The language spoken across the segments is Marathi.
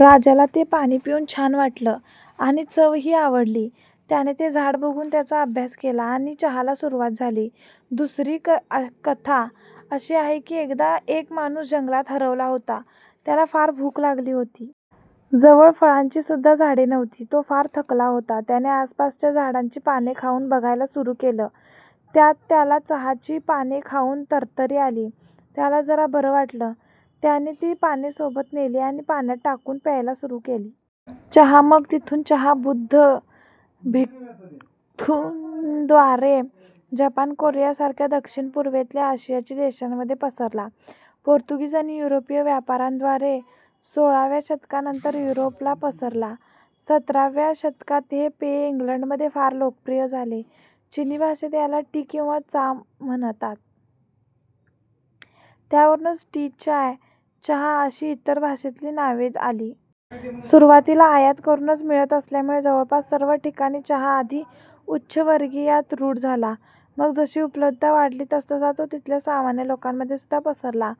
राजाला ते पाणी पिऊन छान वाटलं आणि चवही आवडली. त्याने ते झाड बघून त्याचा अभ्यास केला आणि चहाला सुरुवात झाली. दुसरी कथा अशी आहे कि एकदा एक माणूस जंगलात हरवला होता. त्याला फार भूक लागली होती. जवळ फळांची सुद्धा झाडे नव्हती. तो फार थकला होता. त्याने आसपासच्या झाडांची पाने खाऊन बघायला सुरु केलं. त्यात त्याला चहाची पाने खाऊन तरतरी आली. त्याला जरा बरं वाटलं. त्याने ती पाने सोबत नेली आणि पाण्यात टाकून प्यायला सुरु केली. चहा मग तिथून चहा बुद्ध भिक्खुंद्वारे जपान कोरिया सारख्या दक्षिण पूर्वेतल्या आशियायी देशांमध्ये पसरला. पोर्तुगीज आणि युरोपीय व्यापाऱ्यांद्वारे सोळाव्या शतकानंतर युरोपात पसरला. सतराव्या शतकात हे पेय इंग्लंडमध्ये फार लोकप्रिय झाले. चिनी भाषेत याला टी किंवा चा म्हणतात, त्यावरूनच टी, चाय, चहा अशी इतर भाषेतली नावे आली. सुरुवातीला आयात करूनच मिळत असल्यामुळे जवळपास सर्व ठिकाणी चहा आधी उच्चवर्गीयात रूढ झाला. मग जशी उपलब्धता वाढली तसतसा तो तिथल्या सामान्य लोकांमध्ये सुद्धा पसरला.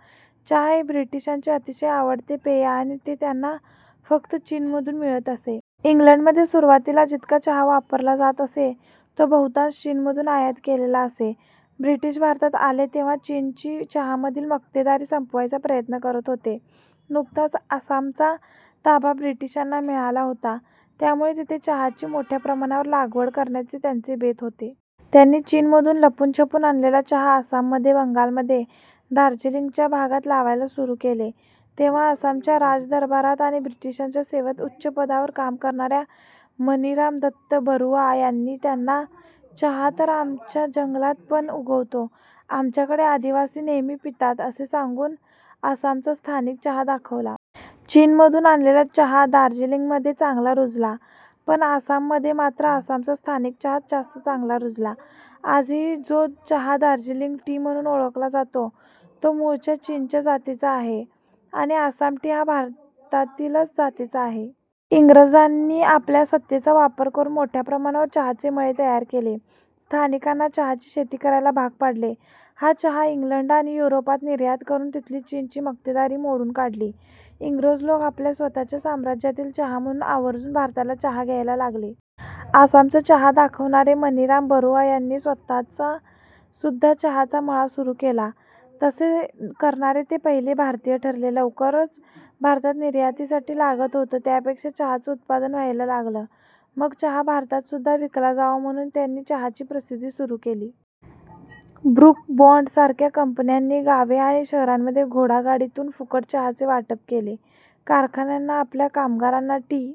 चहा हे ब्रिटिशांचे अतिशय आवडते पेय आणि ते त्यांना फक्त चीनमधून मिळत असे. इंग्लंडमध्ये सुरुवातीला जितका चहा वापरला जात असे तो बहुतांश चीनमधून आयात केलेला असे. ब्रिटिश भारतात आले तेव्हा चीनची चहामधली मक्तेदारी संपवायचा प्रयत्न करत होते. नुकताच आसामचा ताबा ब्रिटिशांना मिळाला होता त्यामुळे तिथे चहाची मोठ्या प्रमाणावर लागवड करण्याचे त्यांचे बेत होते. त्यांनी चीनमधून लपून छपून आणलेला चहा आसाममध्ये, बंगालमध्ये दार्जिलिंगच्या भागात लावायला सुरु केले. तेव्हा आसामच्या राजदरबारात आणि ब्रिटिशांच्या सेवेत उच्चपदावर काम करणाऱ्या मणिराम दत्त बरुआ यांनी त्यांना चहा तर आमच्या जंगलात पण उगवतो, आमच्याकडे आदिवासी नेहमी पितात असे सांगून आसामचा स्थानिक चहा दाखवला. चीनमधून आणलेला चहा दार्जिलिंग मध्ये चांगला रुजला पण आसाम मध्ये मात्र आसामचा स्थानिक चहाच जास्त चांगला रुजला. आजही जो चहा दार्जिलिंग टी म्हणून ओळखला जातो तो मूळच्या चीनच्या जातीचा आहे आणि आसाम टी हा भारतातीलच जातीचा आहे. इंग्रजांनी आपल्या सत्तेचा वापर करून मोठ्या प्रमाणावर चहाचे मळे तयार केले. स्थानिकांना चहाची शेती करायला भाग पाडले. हा चहा इंग्लंड आणि युरोपात निर्यात करून तिथली चीनची मक्तेदारी मोडून काढली. इंग्रज लोक आपल्या स्वतःच्या साम्राज्यातील चहा म्हणून आवर्जून भारतातला चहा घ्यायला लागले. आसामचा चहा दाखवणारे मणिराम बरुआ यांनीं स्वतः सुद्धा चहाचा मळा सुरु केला. तसे करणारे ते पहिले भारतीय ठरले. लवकरच भारतात निर्यातीसाठी लागत होतं त्यापेक्षा चहाचं उत्पादन व्हायला लागलं. मग चहा भारतात सुद्धा विकला जावा म्हणून त्यांनी चहाची प्रसिद्धी सुरु केली. ब्रुक बॉण्ड सारख्या कंपन्यांनी गावे आणि शहरांमध्ये घोडागाडीतून फुकट चहाचे वाटप केले. कारखान्यांना आपल्या कामगारांना टी